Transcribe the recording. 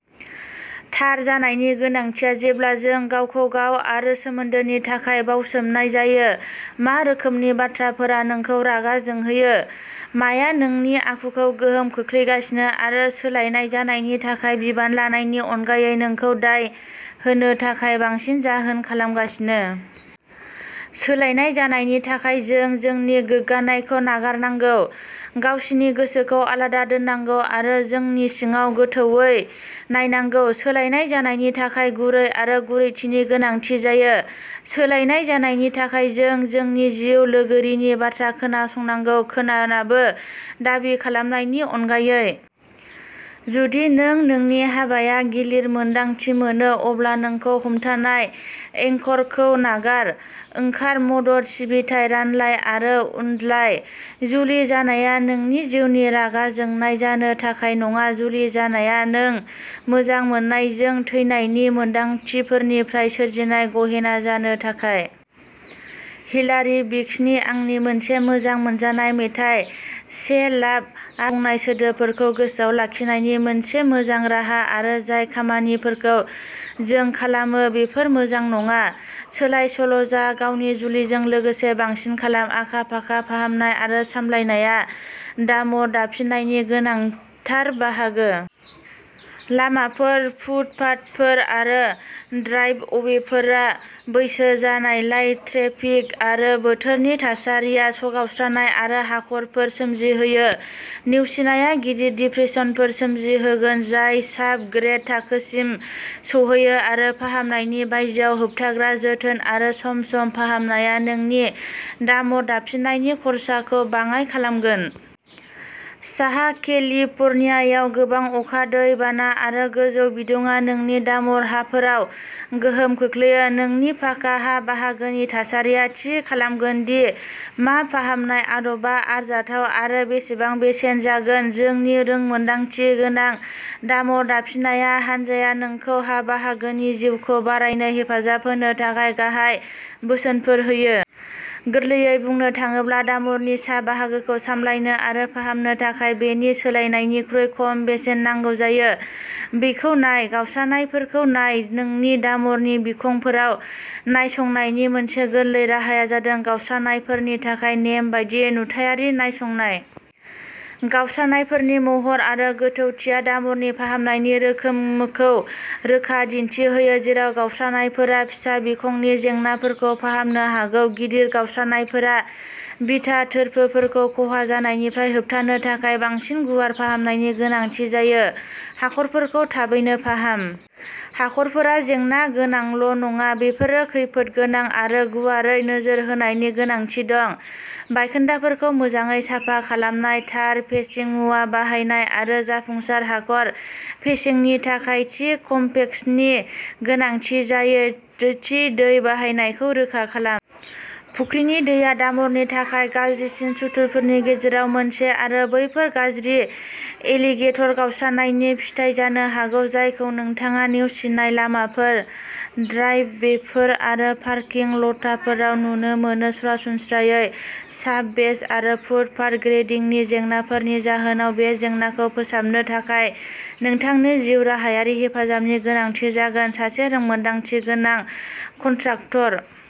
थार जानायनि गोनांथिया जेब्ला जों गावखौ गाव आरो सोमोन्दोनि थाखाय बावसोमनाय जायो। मा रोखोमनि बाथ्राफोरा नोंखौ रागा जोंहोयो? माया नोंनि आखुखौ गोहोम खोख्लैगासिनो आरो सोलायनाय जानायनि थाखाय बिबान लानायनि अनगायै नोंखौ दाय होनो थाखाय बांसिन जाहोन खालामगासिनो? सोलायनाय जानायनि थाखाय जों जोंनि गोग्गानायखौ नागारनांगौ, गावसिनि गोसोखौ आलादा दोननांगौ आरो जोंनि सिङाव गोथौवै नायनांगौ। सोलायनाय जानायनि थाखाय गुरै आरो गुरैथिनि गोनांथि जायो। सोलायनाय जानायनि थाखाय जों जोंनि जिउ लोगोरिनि बाथ्रा खोनासंनांगौ, खोनानाबो दाबि खालामनायनि अनगायै। जुदि नों नोंनि हाबाया गिलिर मोन्दांथि मोनो, अब्ला नोंखौ हमथानाय एंकरखौ नागार। ओंखार, मदद, सिबिथाइ, रानलाय आरो अनज्लाय। जुलि जानाया नोंनि जिउनि रागा जोंनाय जानो थाखाय नङा। जुलि जानाया नों मोजां मोननायजों थैनायनि मोनदांथिफोरनिफ्राय सोरजिनाय गहेना जानो थाखाय। हिलारी भिक्सनि आंनि मोनसे मोजां मोनजानाय मेथाइ "से लाभ" जों बुंनाय सोदोबफोरखौ गोसोआव लाखिनायनि मोनसे मोजां राहा, आरो जाय खामानिफोरखौ जों खालामो, बेफोरो मोजां नङा। सोलायसोल' जा गावनि जुलिजों लोगोसे बांसिन खालाम आखा-फाखा फाहामनाय आरो सामलायनाया डामर दाफिननायनि गोनांथार बाहागो। लामाफोर, फुटपाथफोर आरो ड्राइभअवेफोरा बैसो जानायलाय, ट्रेफिक आरो बोथोरनि थासारिया गावस्रानाय आरो हाखरफोर सोमजिहोयो। नेवसिनाया गिदिर डिप्रेसनफोर सोमजिहोगोन जाय साब-ग्रेड थाखोसिम सौहैयो आरो फाहामनायनि बायजोआव। होबथाग्रा जोथोन आरो सम-सम फाहामनाया नोंनि डामर दाफिननायनि खरसाखौ बाङाय खालामगोन। साहा केलिफर्नियायाव गोबां अखा, दै बाना आरो गोजौ बिदुङा नोंनि डामर हाफोराव गोहोम खोख्लैयो। नोंनि पाका हा बाहागोनि थासारिया थि खालामगोन दि मा फाहामनाय आदबा आरजाथाव आरो बेसेबां बेसेन जागोन। जोंनि रोंमोनदांथि गोनां डामर दाफिननाय हानजाया नोंखौ हा बाहागोनि जिउखौ बारायनो हेफाजाब होनो थाखाय गाहाय बोसोनफोर होयो। गोरलैयै बुंनो थाङोब्ला, डामरनि सा बाहागोखौ सामलायनो आरो फाहामनो थाखाय बेनि सोलायनायनिख्रुइ खम बेसेन नांगौ जायो। बेखौ नाय। गावस्रानायफोरखौ नाय। नोंनि डामरनि बिखंफोराव नायसंनायनि मोनसे गोरलै राहाया जादों गावस्रानायफोरनि थाखाय नेमबादि नुथायारि नायसंनाय। गावस्रानायफोरनि महर आरो गोथौथिया डामरनि फाहामनायनि रोखोमखौ रोखा दिन्थि होयो, जेराव गावस्रानायफोरा फिसा बिखंनि जेंनाफोरखौ फाहामनो हागौ, गिदिर गावस्रानायफोरा बिथा थोरफोफोरखौ खहा जानायनिफ्राय होबथानो थाखाय बांसिन गुवार फाहामनायनि गोनांथि जायो। हाखरफोरखौ थाबैनो फाहाम। हाखरफोरा जेंना गोनांल' नङा बेफोरो खैफोदगोनां आरो गुवारै नोजोर होनायनि गोनांथि दं। बायखोन्दाफोरखौ मोजाङै साफा खालामनाय, थार पेचिं मुवा बाहायनाय आरो जाफुंसार हाखर पेचिंनि थाखाय थि कमपेक्सनि गोनांथि जायो। थि दै बाहायनायखौ रोखा खालाम। फुख्रिनि दैया डामरनि थाखाय गाज्रिसिन सुथुरफोरनि गेजेराव मोनसे आरो बैफोर गाज्रि'एलिगेटर गावस्रानाय'नि फिथाय जानो हागौ जायखौ नोंथाङा नेवसिनाय लामाफोर, ड्राइभवेफोर आरो पार्किं ल'टफोराव नुनो मोनो। सरासनस्रायै साब-बेस आरो फुटपाथ ग्रेडिंनि जेंनाफोरनि जाहोनाव, बे जेंनाखौ फोसाबनो थाखाय नोंथांनो जिउराहायारि हेफाजाबनि गोनांथि जागोन। सासे रोंमोनदांथि गोनां कन्ट्राक्टर।